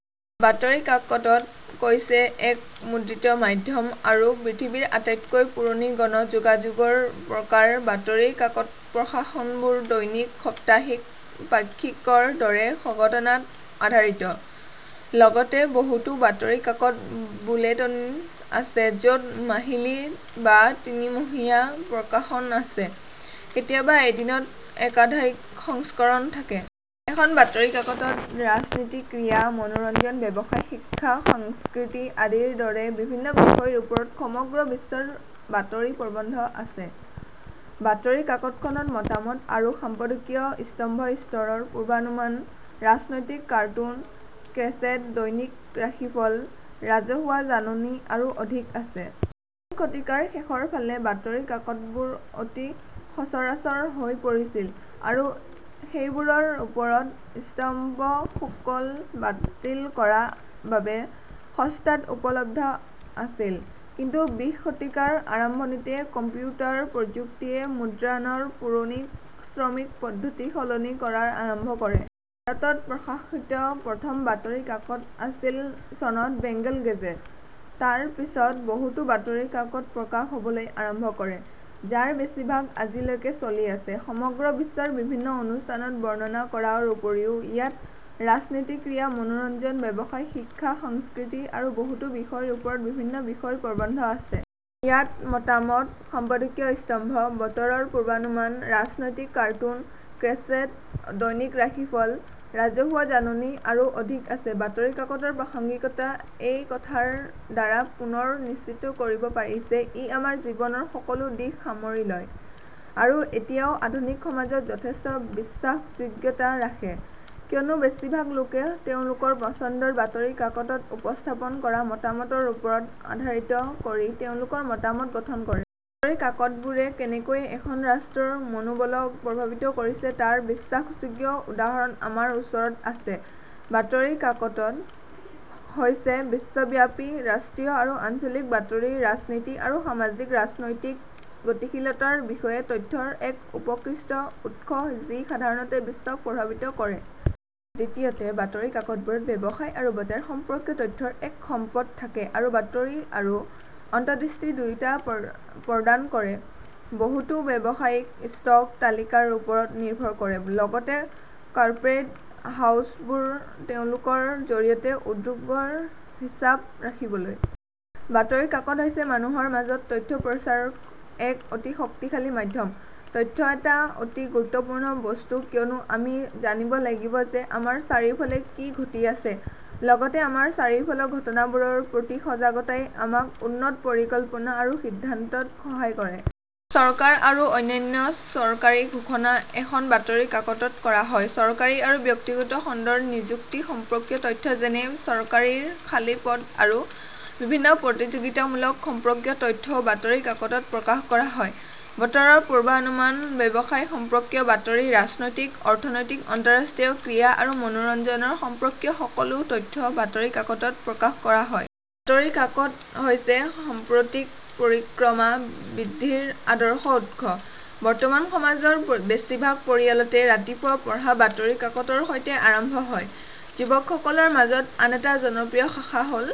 বাতৰি কাকত হৈছে এক মুদ্ৰিত মাধ্যম আৰু পৃথিৱীৰ আটাইতকৈ পুৰণি গণ যোগাযোগৰ প্ৰকাৰ। বাতৰি কাকতপ্ৰকাশনবোৰ দৈনিক, সাপ্তাহিক, পাক্ষিকৰ দৰে সঘনতা-আধাৰিত। লগতে, বহুতো বাতৰি কাকত বুলেটিন আছে য'ত মাহিলী বা তিনিমহীয়া প্ৰকাশন আছে। কেতিয়াবা এদিনত একাধিক সংস্কৰণ থাকে। এখন বাতৰি কাকতত ৰাজনীতি, ক্ৰীড়া, মনোৰঞ্জন, ব্যৱসায়, শিক্ষা, সংস্কৃতি আদিৰ দৰে বিভিন্ন বিষয়ৰ ওপৰত সমগ্ৰ বিশ্বৰ বাতৰি প্ৰৱন্ধ আছে। বাতৰি কাকতখনত মতামত আৰু সম্পাদকীয় স্তম্ভ, বতৰৰ পূৰ্বানুমান, ৰাজনৈতিক কাৰ্টুন, ক্ৰছৱৰ্ড, দৈনিক ৰাশিফল, ৰাজহুৱা জাননী আৰু অধিক আছে। উনবিংশ শতিকাৰ শেষৰ ফালে, বাতৰি কাকতবোৰ অতি সচৰাচৰ হৈ পৰিছিল আৰু সেইবোৰৰ ওপৰত ষ্টাম্প শুল্ক বাতিল কৰাৰ বাবে সস্তাত উপলব্ধ আছিল। কিন্তু, বিংশ শতিকাৰ আৰম্ভণিতে, কম্পিউটাৰ প্ৰযুক্তিয়ে মুদ্ৰণৰ পুৰণি শ্ৰমিক পদ্ধতিসলনি কৰা আৰম্ভ কৰে। ভাৰতত প্ৰকাশিত প্ৰথম বাতৰি কাকতআছিল চনত বেংগল গেজেট। তাৰ পিছত বহুতো বাতৰি কাকত প্ৰকাশ হ'বলৈ আৰম্ভ কৰে, যাৰ বেছিভাগ আজিলৈকে চলি থাকে। সমগ্ৰ বিশ্বৰ বিভিন্ন অনুষ্ঠান বৰ্ণনা কৰাৰ উপৰিও, ইয়াত ৰাজনীতি, ক্ৰীড়া, মনোৰঞ্জন, ব্যৱসায়, শিক্ষা, সংস্কৃতি আৰু বহুতো বিষয়ৰ ওপৰত বিভিন্ন বিষয়ৰ প্ৰবন্ধ আছে। ইয়াত মতামত, সম্পাদকীয় স্তম্ভ, বতৰৰ পূৰ্বানুমান, ৰাজনৈতিক কাৰ্টুন, ক্ৰছৱৰ্ড, দৈনিক ৰাশিফল, ৰাজহুৱা জাননী আৰু অধিক আছে। বাতৰি কাকতৰ প্ৰাসংগিকতা এই কথাৰ দ্বাৰা পুনৰ নিশ্চিত কৰিব পাৰি যে ই আমাৰ জীৱনৰ সকলো দিশ সামৰি লয় আৰু এতিয়াও আধুনিক সমাজত যথেষ্ট বিশ্বাসযোগ্যতা ৰাখে, কিয়নো বেছিভাগ লোকে তেওঁলোকৰ পচন্দৰ বাতৰি কাকতত উপস্থাপন কৰা মতামতৰ ওপৰত আধাৰিত কৰি তেওঁলোকৰ মতামত গঠন কৰে। বাতৰি কাকতবোৰে কেনেকৈ এখন ৰাষ্ট্ৰৰ মনোবলক প্ৰভাৱিত কৰিছে তাৰ বিশ্বাসযোগ্য উদাহৰণ আমাৰ ওচৰত আছে। বাতৰি কাকত হৈছে বিশ্বব্যাপী, ৰাষ্ট্ৰীয় আৰু আঞ্চলিক বাতৰিৰ ৰাজনীতি আৰু সামাজিক-ৰাজনৈতিক গতিশীলতাৰ বিষয়ে তথ্যৰ এক উৎকৃষ্ট উৎস যি সাধাৰণতে বিশ্বক প্ৰভাৱিত কৰে। দ্বিতীয়তে, বাতৰি কাকতবোৰত ব্যৱসায় আৰু বজাৰ সম্পৰ্কীয় তথ্যৰ এক সম্পদ থাকে আৰু বাতৰি আৰু অন্তৰ্দৃষ্টি দুয়োটা প্ৰদান কৰে, বহুতো ব্যৱসায়ী ষ্টক তালিকাৰ ওপৰত নিৰ্ভৰ কৰে, লগতে কৰ্পোৰেট হাউচবোৰে তেওঁলোকৰ জৰিয়তে উদ্যোগৰ হিচাপ ৰাখিবলৈ। বাতৰি কাকত হৈছে মানুহৰ মাজত তথ্য প্ৰচাৰৰ এক অতি শক্তিশালী মাধ্যম। তথ্য এটা অতি গুৰুত্বপূৰ্ণ বস্তু কিয়নো আমি জানিব লাগিব যে আমাৰ চাৰিওফালে কি ঘটি আছে। লগতে, আমাৰ চাৰিওফালৰ ঘটনাবোৰৰ প্ৰতি সজাগতাই আমাক উন্নত পৰিকল্পনা আৰু সিদ্ধান্তত সহায় কৰে। চৰকাৰ আৰু অন্যান্য চৰকাৰী ঘোষণা এখন বাতৰি কাকতত কৰা হয়। চৰকাৰী আৰু ব্যক্তিগত খণ্ডৰ নিযুক্তি সম্পৰ্কীয় তথ্য যেনে চাকৰিৰ খালী পদ আৰু বিভিন্ন প্ৰতিযোগিতামূলক সম্পৰ্কীয় তথ্যও বাতৰি কাকতত প্ৰকাশ কৰা হয়। বতৰৰ পূৰ্বানুমান, ব্যৱসায় সম্পৰ্কীয় বাতৰি, ৰাজনৈতিক, অৰ্থনৈতিক, আন্তঃৰাষ্ট্ৰীয়, ক্ৰীড়া আৰু মনোৰঞ্জন সম্পৰ্কীয় সকলো তথ্য বাতৰি কাকতত প্ৰকাশ কৰা হয়। বাতৰি কাকত হৈছে সাম্প্ৰতিক পৰিক্ৰমা বৃদ্ধিৰ আদৰ্শ উৎস। বৰ্তমান সমাজৰ বেছিভাগ পৰিয়ালতে, ৰাতিপুৱা পঢ়া বাতৰি কাকতৰ সৈতে আৰম্ভ হয়। যুৱকসকলৰ মাজত আন এটা জনপ্ৰিয় শাখা হ'ল